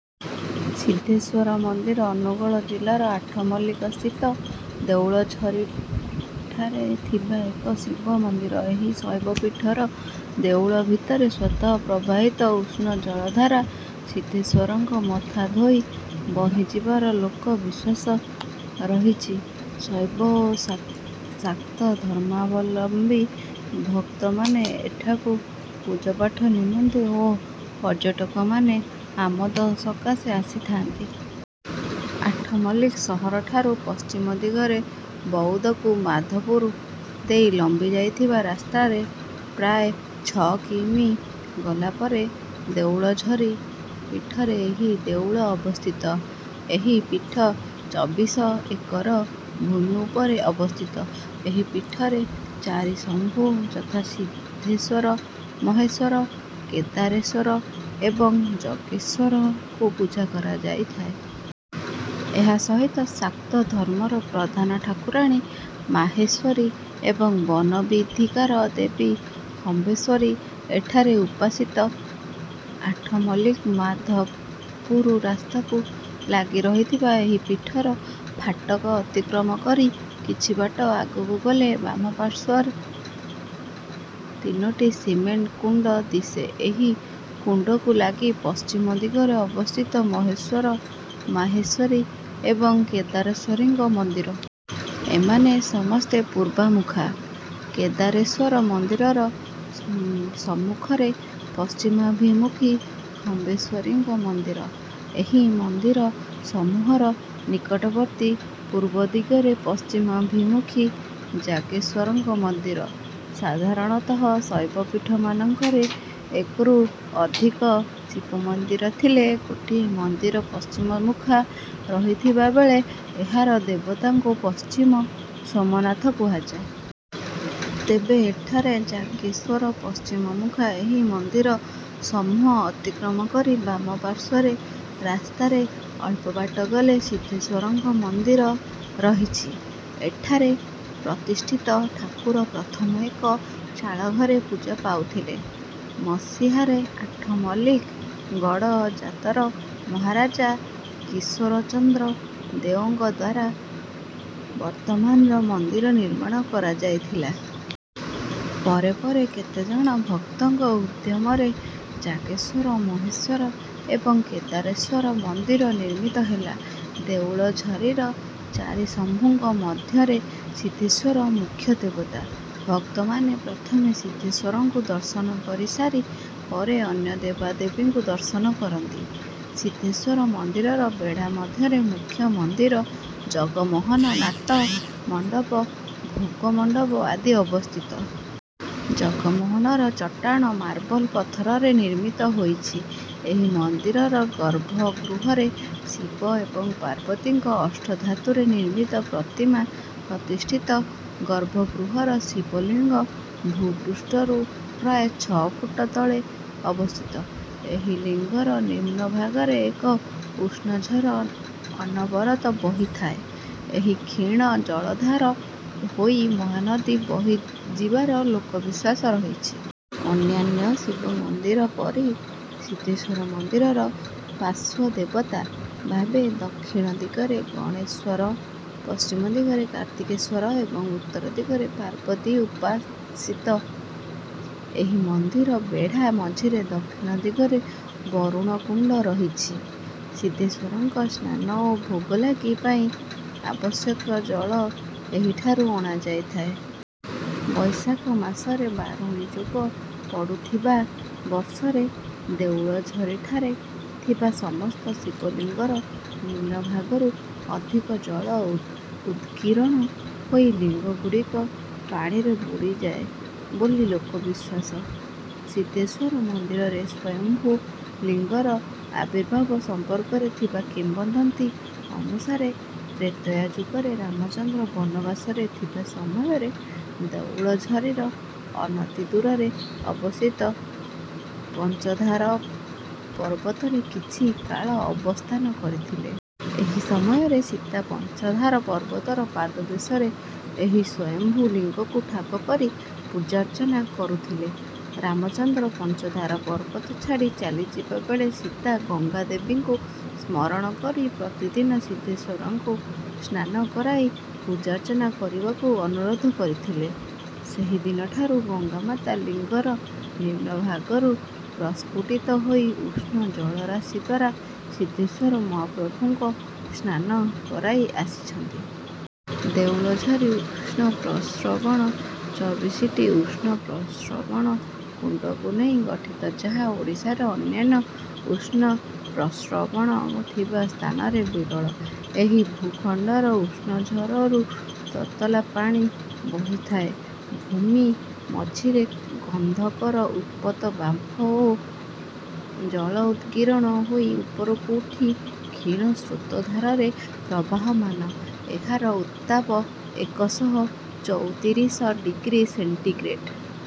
ସିଦ୍ଧେଶ୍ୱର ମନ୍ଦିର ଅନୁଗୋଳ ଜିଲ୍ଲାର ଆଠମଲ୍ଲିକସ୍ଥିତ ଦେଉଳଝରିଠାରେ ଥିବା ଏକ ଶିବ ମନ୍ଦିର। ଏହି ଶୈବପୀଠର ଦେଉଳ ଭିତରେ ସ୍ୱତଃ ପ୍ରବାହିତ ଉଷ୍ଣ ଜଳଧାରା ସିଦ୍ଧେଶ୍ୱରଙ୍କ ମଥା ଧୋଇ ବହିଯିବାର ଲୋକ ବିଶ୍ୱାସ ରହିଛି। ଶୈବ ଓ ଶାକ୍ତ ଧର୍ମାବଲମ୍ବୀ ଭକ୍ତମାନେ ଏଠାକୁ ପୂଜାପାଠ ନିମନ୍ତେ ଓ ପର୍ଯ୍ୟଟକମାନେ ଆମୋଦ ସକାଶେ ଆସିଥାନ୍ତି। ଆଠମଲ୍ଲିକ ସହରଠାରୁ ପଶ୍ଚିମ ଦିଗରେ ବଉଦକୁ ମାଧପୁର ଦେଇ ଲମ୍ବି ଯାଇଥିବା ରାସ୍ତାରେ ପ୍ରାୟ ଛଅ କି. ମି. ଗଲା ପରେ ଦେଉଳଝରି ପୀଠରେ ଏହି ଦେଉଳ ଅବସ୍ଥିତ। ଏହି ପୀଠ ଚବିଶ ଏକର ଭୂମି ଉପରେ ଅବସ୍ଥିତ।। ଏହି ପୀଠରେ ଚାରିଶମ୍ଭୁ ଯଥା ସିଦ୍ଧେଶ୍ୱର ମହେଶ୍ୱର କେଦାରେଶ୍ୱର ଏବଂ ଜାଗେଶ୍ୱରଙ୍କୁ ପୂଜା କରାଯାଇଥାଏ। ଏହା ସହିତ ଶାକ୍ତ ଧର୍ମର ପ୍ରଧାନ ଠାକୁରାଣୀ ମାହେଶ୍ୱରୀ ଏବଂ ବନବୀଥିକାର ଦେବୀ ଖମ୍ବେଶ୍ୱରୀ ଏଠାରେ ଉପାସିତ। ଆଠମଲ୍ଲିକ ମାଧପୁର ରାସ୍ତାକୁ ଲାଗି ରହିଥିବା ଏହି ପୀଠର ଫାଟକ ଅତିକ୍ରମ କରି କିଛିବାଟ ଆଗକୁ ଗଲେ ବାମପାଶ୍ୱର୍ରେ ତିନୋଟି ସିମେଣ୍ଟ କୁଣ୍ଡ ଦିଶେ। ଏହି କୁଣ୍ଡକୁ ଲାଗି ପଶ୍ଚିମ ଦିଗରେ ଅବସ୍ଥିତ ମହେଶ୍ୱର ମାହେଶ୍ୱରୀ ଏବଂ କେଦାରେଶ୍ୱରଙ୍କ ମନ୍ଦିର। ଏମାନେ ସମସ୍ତେ ପୂର୍ବମୁଖା। କେଦାରେଶ୍ୱର ମନ୍ଦିରର ସମ୍ମୁଖରେ ପଶ୍ଚିମାଭିମୁଖୀ ଖମ୍ବେଶ୍ୱରୀଙ୍କ ମନ୍ଦିର। ଏହି ମନ୍ଦିର ସମୂହର ନିକଟବର୍ତ୍ତୀ ପୂର୍ବଦିଗରେ ପଶ୍ଚିମାଭିମୁଖୀ ଯାଗେଶ୍ୱରଙ୍କ ମନ୍ଦିର। ସାଧାରଣତଃ ଶୈବପୀଠମାନଙ୍କରେ ଏକରୁ ଅଧିକ ଶିବ ମନ୍ଦିର ଥିଲେ ଗୋଟିଏ ମନ୍ଦିର ପଶ୍ଚିମମୁଖା ରହିଥିବା ବେଳେ ଏହାର ଦେବତାକୁ ପଶ୍ଚିମ ସୋମନାଥ କୁହାଯାଏ। ତେବେ ଏଠାରେ ଯାଗେଶ୍ୱର ପଶ୍ଚିମମୁଖା। ଏହି ମନ୍ଦିର ସମୂହ ଅତିକ୍ରମ କରି ବାମ ପାଶ୍ୱର୍ରେ ରାସ୍ତାରେ ଅଳ୍ପବାଟ ଗଲେ ସିଦ୍ଧେଶ୍ୱରଙ୍କ ମନ୍ଦିର ରହିଛି। ଏଠାରେ ପ୍ରତିଷ୍ଠିତ ଠାକୁର ପ୍ରଥମେ ଏକ ଚାଳଘରେ ପୂଜା ପାଉଥିଲେ। ମସିହାରେ ଆଠମଲ୍ଲିକ ଗଡ଼ଜାତର ମହାରାଜା କିଶୋର ଚନ୍ଦ୍ର ଦେଓଙ୍କଦ୍ୱାରା ବର୍ତ୍ତମାନର ମନ୍ଦିର ନିର୍ମାଣ କରାଯାଇଥିଲା। ପରେ ପରେ କେତେଜଣ ଭକ୍ତଙ୍କ ଉଦ୍ୟମରେ ଯାଗେଶ୍ୱର ମହେଶ୍ୱର ଏବଂ କେଦାରେଶ୍ୱର ମନ୍ଦିର ନିର୍ମିତ ହେଲା। ଦେଉଳଝରିର ଚାରିଶମ୍ଭୁଙ୍କ ମଧ୍ୟରେ ସିଦ୍ଧେଶ୍ୱର ମୁଖ୍ୟ ଦେବତା। ଭକ୍ତମାନେ ପ୍ରଥମେ ସିଦ୍ଧେଶ୍ୱରଙ୍କୁ ଦର୍ଶନ କରିସାରି ପରେ ଅନ୍ୟ ଦେବଦେବୀଙ୍କୁ ଦର୍ଶନ କରନ୍ତି। ସିଦ୍ଧେଶ୍ୱର ମନ୍ଦିରର ବେଢ଼ା ମଧ୍ୟରେ ମୁଖ୍ୟ ମନ୍ଦିର ଜଗମୋହନ ନାଟ ମଣ୍ଡପ ଭୋଗ ମଣ୍ଡପ ଆଦି ଅବସ୍ଥିତ। ଜଗମୋହନର ଚଟାଣ ମାର୍ବଲ ପଥରରେ ନିର୍ମିତ ହୋଇଛି। ଏହି ମନ୍ଦିରର ଗର୍ଭଗୃହରେ ଶିବ ଓ ପାର୍ବତୀଙ୍କ ଅଷ୍ଟଧାତୁରେ ନିର୍ମିତ ପ୍ରତିମା ପ୍ରତିଷ୍ଠିତ। ଗର୍ଭଗୃହର ଶିବଲିଙ୍ଗ ଭୂପୃଷ୍ଠରୁ ପ୍ରାୟ ଛଅ ଫୁଟ ତଳେ ଅବସ୍ଥିତ ଏହି ଲିଙ୍ଗର ନିମ୍ନଭାଗରେ ଏକ ଉଷ୍ଣଝର ଅନବରତ ବୋହିଥାଏ। ଏହି କ୍ଷୀଣ ଜଳଧାର ହୋଇ ମହାନଦୀ ବହିଯିବାର ଲୋକବିଶ୍ୱାସ ରହିଛି। ଅନ୍ୟାନ୍ୟ ଶିବ ମନ୍ଦିର ପରି ସିଦ୍ଧେଶ୍ୱର ମନ୍ଦିରର ପାଶ୍ୱଦେବତା ଭାବେ ଦକ୍ଷିଣ ଦିଗରେ ଗଣେଶ୍ୱର ପଶ୍ଚିମ ଦିଗରେ କାର୍ତ୍ତିକେଶ୍ୱର ଏବଂ ଉତ୍ତର ଦିଗରେ ପାର୍ବତୀ ଉପାସିତ। ଏହି ମନ୍ଦିର ବେଢ଼ା ମଝିରେ ଦକ୍ଷିଣ ଦିଗରେ ବରୁଣ କୁଣ୍ଡ ରହିଛି। ସିଦ୍ଧେଶ୍ୱରଙ୍କ ସ୍ନାନ ଓ ଭୋଗଲାଗି ପାଇଁ ଆବଶ୍ୟକ ଜଳ ଏହିଠାରୁ ଅଣାଯାଇଥାଏ। ବୈଶାଖ ମାସରେ ବାରୁଣୀ ଯୋଗ ପଡୁଥିବା ବର୍ଷରେ ଦେଉଳଝରିଠାରେ ଥିବା ସମସ୍ତ ଶିବଲିଙ୍ଗର ନିମ୍ନ ଭାଗରୁ ଅଧିକ ଜଳ ଉଦ୍ଗୀରଣ ହୋଇ ଲିଙ୍ଗଗୁଡିକ ପାଣିରେ ବୁଡିଯାଏ ବୋଲି ଲୋକ ବିଶ୍ୱାସ। ସିଦ୍ଧେଶ୍ୱର ମନ୍ଦିରରେ ସ୍ୱୟଂମ୍ଭୁ ଲିଙ୍ଗର ଆବିର୍ଭାବ ସମ୍ପର୍କରେ ଥିବା କିମ୍ବଦନ୍ତୀ ଅନୁସାରେ ତ୍ରେତୟା ଯୁଗରେ ରାମଚନ୍ଦ୍ର ବନବାସରେ ଥିବା ସମୟରେ ଦେଉଳଝରିର ଅନତିଦୂରରେ ଅବସ୍ଥିତ ପଞ୍ଚଧାର ପର୍ବତରେ କିଛି କାଳ ଅବସ୍ଥାନ କରିଥିଲେ। ଏହି ସମୟରେ ସୀତା ପଞ୍ଚଧାର ପର୍ବତର ପାଦଦେଶରେ ଏହି ସ୍ୱୟଂମ୍ଭୁ ଲିଙ୍ଗକୁ ଠାବ କରି ପୂଜାର୍ଚ୍ଚନା କରୁଥିଲେ। ରାମଚନ୍ଦ୍ର ପଞ୍ଚଧାର ପର୍ବତ ଛାଡ଼ି ଚାଲିଯିବା ବେଳେ ସୀତା ଗଙ୍ଗାଦେବୀଙ୍କୁ ସ୍ମରଣ କରି ପ୍ରତିଦିନ ସିଦ୍ଧେଶ୍ୱରଙ୍କୁ ସ୍ନାନ କରାଇ ପୂଜାର୍ଚ୍ଚନା କରିବାକୁ ଅନୁରୋଧ କରିଥିଲେ। ସେହିଦିନଠାରୁ ଗଙ୍ଗାମାତା ଲିଙ୍ଗର ନିମ୍ନଭାଗରୁ ପ୍ରସ୍ପୁଟିତ ହୋଇ ଉଷ୍ଣ ଜଳରାଶିଦ୍ୱାରା ସିଦ୍ଧେଶ୍ୱର ମହାପ୍ରଭୁଙ୍କ ସ୍ନାନ କରାଇ ଆସିଛନ୍ତି। ଦେଉଳଝରି ଉଷ୍ଣପ୍ରସ୍ରବଣ ଚବିଶିଟି ଉଷ୍ଣ ପ୍ରସ୍ରବଣ କୁଣ୍ଡଙ୍କୁ ନେଇ ଗଠିତ ଯାହା ଓଡ଼ିଶାର ଅନ୍ୟାନ୍ୟ ଉଷ୍ଣପ୍ରସ୍ରବଣ ଥିବା ସ୍ଥାନରେ ବିରଳ। ଏହି ଭୂଖଣ୍ଡର ଉଷ୍ଣଝରରୁ ତତଲା ପାଣି ବହିଥାଏ। ଭୂମି ମଝିରେ ଗନ୍ଧକର ଉତ୍ତପ୍ତ ବାମ୍ଫ ଓ ଜଳ ଉଦ୍ଗୀରଣ ହୋଇ ଉପରକୁ ଉଠି କ୍ଷୀଣ ସ୍ରୋତ ଧାରରେ ପ୍ରବାହମାନ। ଏହାର ଉତ୍ତାପ ଏକଶହ ଚଉତିରିଶ ଡିଗ୍ରୀ ସେଣ୍ଟିଗ୍ରେଡ୍।